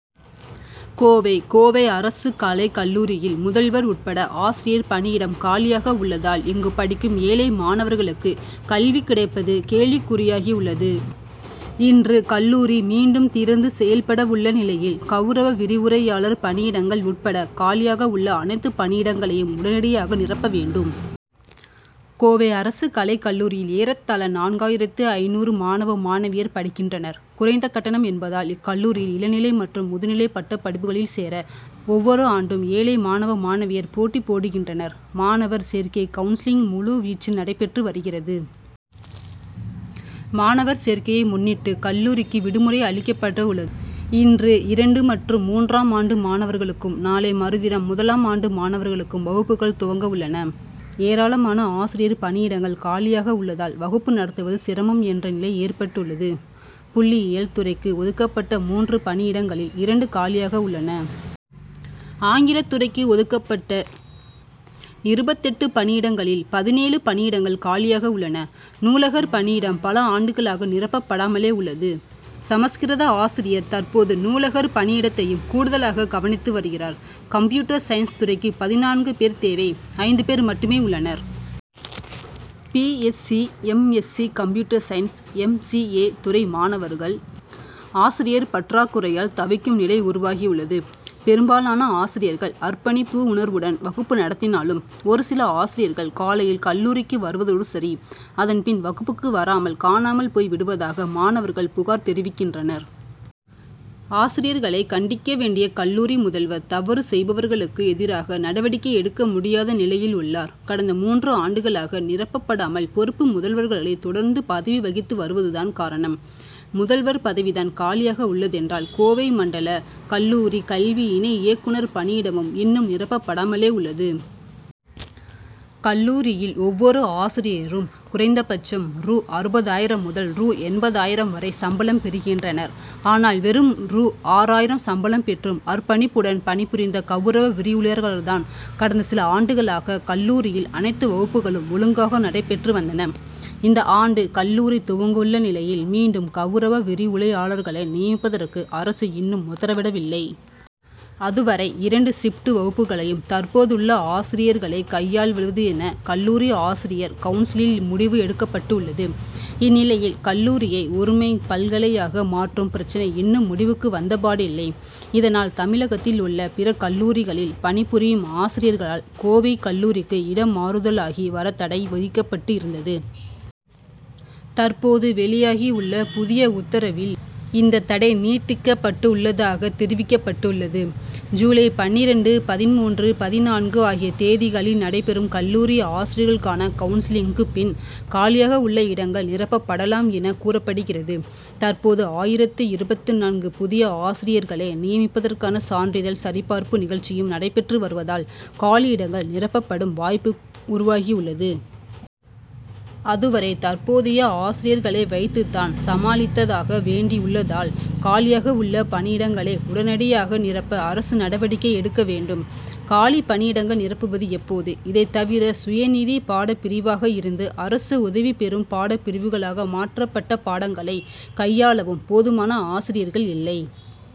கோவை கோவை அரசு கலைக் கல்லூரியில் முதல்வர் உட்பட ஆசிரியர் பணியிடம் காலியாக உள்ளதால், இங்கு படிக்கும் ஏழை மாணவர்களுக்கு கல்வி கிடைப்பது கேள்விக்குறியாகியுள்ளது. இன்று கல்லூரி மீண்டும் திறந்து செயல்படவுள்ள நிலையில், கவுரவ விரிவுரையாளர் பணியிடங்கள் உட் பட காலியாக உள்ள அனைத்து பணியிடங்களையும் உடனடியாக நிரப்ப வேண்டும். கோவை அரசு கலைக் கல்லூரியில் ஏறத்தாழ நான்காயிரத்து ஐந்நூறு மாணவ மாணவியர் படிக்கின்றனர். குறைந்த கட்டணம் என்பதால் இக்கல்லூரியில் இளநிலை மற்றும் முதுநிலை பட்டப்படிப்புகளில் சேர ஒவ்வொரு ஆண்டும் ஏழை மாணவ மாணவியர் போட்டி போடுகின்றனர். மாணவர் சேர்க்கை கவுன்சிலிங் முழு வீச்சில் நடைபெற்று வருகிறது. மாணவர் சேர்க்கையை முன்னிட்டு கல்லூரிக்கு விடுமுறை அளிக்கப்பட் டுள்ளது. இன்று இரண்டு மற்றும் மூன்றாம் ஆண்டு மாணவர்களுக்கும், நாளை மறுதினம் முதலாம் ஆண்டு மாணவர்களுக்கும் வகுப்புகள் துவங்கவுள்ளன. ஏராளமான ஆசிரியர் பணியிடங்கள் காலியாக உள்ளதால் வகுப்பு நடத்துவது சிரமம் என்ற நிலை ஏற்பட்டுள்ளது. புள்ளியியல் துறைக்கு ஒதுக்கப்பட்ட மூன்று பணியிடங்களில் இரண்டு காலியாக உள்ளன. ஆங்கில துறைக்கு ஒதுக் கப்பட்ட இருபத்தெட்டு பணியிடங்களில் பதினேழு பணியிடங்கள் காலியாக உள்ளன. நூலகர் பணியிடம் பல ஆண்டுகளாக நிரப்பப்படாமலே உள்ளது. சமஸ்கிருத ஆசிரியர் தற்போது நூலகர் பணியிடத்தையும் கூடுதலாக கவனித்து வருகிறார். கம்ப்யூட்டர் சயின்ஸ் துறைக்கு பதினான்கு பேர் தேவை. ஐந்து பேர் மட்டுமே உள்ளனர். B. S. C., M. S. C., computer science, M. C. A., துறை மாணவர்கள், ஆசிரியர் பற்றாக்குறையால் தவிக்கும் நிலை உருவாகியுள்ளது. பெரும்பாலான ஆசிரியர்கள், அர்ப்பணிப்பு உணர்வுடன் வகுப்பு நடத்தினாலும், ஒரு சில ஆசிரியர்கள் காலையில் கல்லூரிக்கு வருவதோடு சரி. அதன் பின் வகுப்புக்கு வராமல் காணாமல் போய் விடுவதாக மாணவர்கள் புகார் தெரிவிக்கின்றனர். ஆசிரியர்களை கண்டிக்க வேண்டிய கல்லூரி முதல்வர், தவறு செய்பவர்களுக்கு எதிராக நடவடிக்கை எடுக்க முடியாத நிலையில் உள்ளார். கடந்த மூன்று ஆண்டுகளாக நிரப்பப்படாமல் பொறுப்பு முதல்வர்களே தொடர்ந்து பதவி வகித்து வருவதுதான் காரணம். முதல்வர் பதவிதான் காலியாக உள்ளதென்றால், கோவை மண்டல கல்லூரி கல்வி இணை இயக்குனர் பணியிடமும் இன்னும் நிரப்பப்படாமலே உள்ளது. கல்லூரியில் ஒவ்வொரு ஆசிரியரும் குறைந்தபட்சம் ரூ.அறுபதாயிரம் முதல் ரூ.எண்பதாயிரம் வரை சம்பளம் பெறுகின்றனர். ஆனால் வெறும் ரூ.ஆறாயிரம் சம்பளம் பெற்றும் அர்ப்பணிப்புடன் பணிபுரிந்த கவுரவ விரிவுரையாளர்களால்தான் கடந்த சில ஆண்டுகளாக கல்லூரியில் அனைத்து வகுப்புகளும் ஒழுங்காக நடைபெற்று வந்தன. இந்த ஆண்டு கல்லூரி துவங்கவுள்ள நிலையில், மீண்டும் கவுரவ விரிவுரையாளர்களை நியமிப்பதற்கு அரசு இன்னும் உத்தரவிடவில்லை. அதுவரை இரண்டு ஷிப்டு வகுப்புகளையும் தற்போதுள்ள ஆசிரியர்களே கையாள்வது என கல்லூரி ஆசிரியர் கவுன்சிலில் முடிவு எடுக்கப்பட் டுள்ளது. இந்நிலையில், கல்லூரியை ஒருமை பல்கலையாக மாற்றும் பிரச்னை இன்னும் முடிவுக்கு வந்தபாடில்லை. இதனால் தமிழகத்தில் உள்ள பிற கல்லூரிகளில் பணிபுரியும் ஆசிரியர்களால் கோவை கல்லூரிக்கு இடமாறுதலாகி வர தடை விதிக்கப்பட்டு இருந்தது. தற்போது வெளியாகியுள்ள புதிய உத்தரவில் இந்த தடை நீக்கப்பட்டுள்ளதாக தெரிவிக்கப்பட்டுள்ளது. ஜூலை பன்னிரண்டு, பதின்மூன்று, பதினான்கு ஆகிய தேதிகளில் நடைபெறும் கல்லூரி ஆசிரியர்களுக்கான கவுன்சிலிங்குக்குப் பின், காலியாக உள்ள இடங்கள் நிரப்பப்படலாம் என கூறப்படுகிறது. தற்போது ஆயிரத்து இருபத்து நான்கு புதிய ஆசிரியர்களை நியமிப்பதற்கான சான்றிதழ் சரிபார்ப்பு நிகழ்ச்சியும் நடைபெற்று வருவதால் காலியிடங்கள் நிரப்பப்படும் வாய்ப்பு உருவாகியுள்ளது. அதுவரை தற்போதைய ஆசிரியர்களை வைத்துதான் சமாளித்தாக வேண்டியதுள்ளதால், காலியாக உள்ள பணியிடங்களை உடனடியாக நிரப்ப அரசு நடவடிக்கை எடுக்க வேண்டும். காலி பணியிடங்கள் நிரப்புவது எப்போது? இதைத் தவிர, சுயநிதி பாடப்பிரிவாக இருந்து அரசு உதவி பெறும் பாடப் பிரிவுகளாக மாற்றப்பட்ட பாடங்களை கையாளவும் போதுமான ஆசிரியர்கள் இல்லை.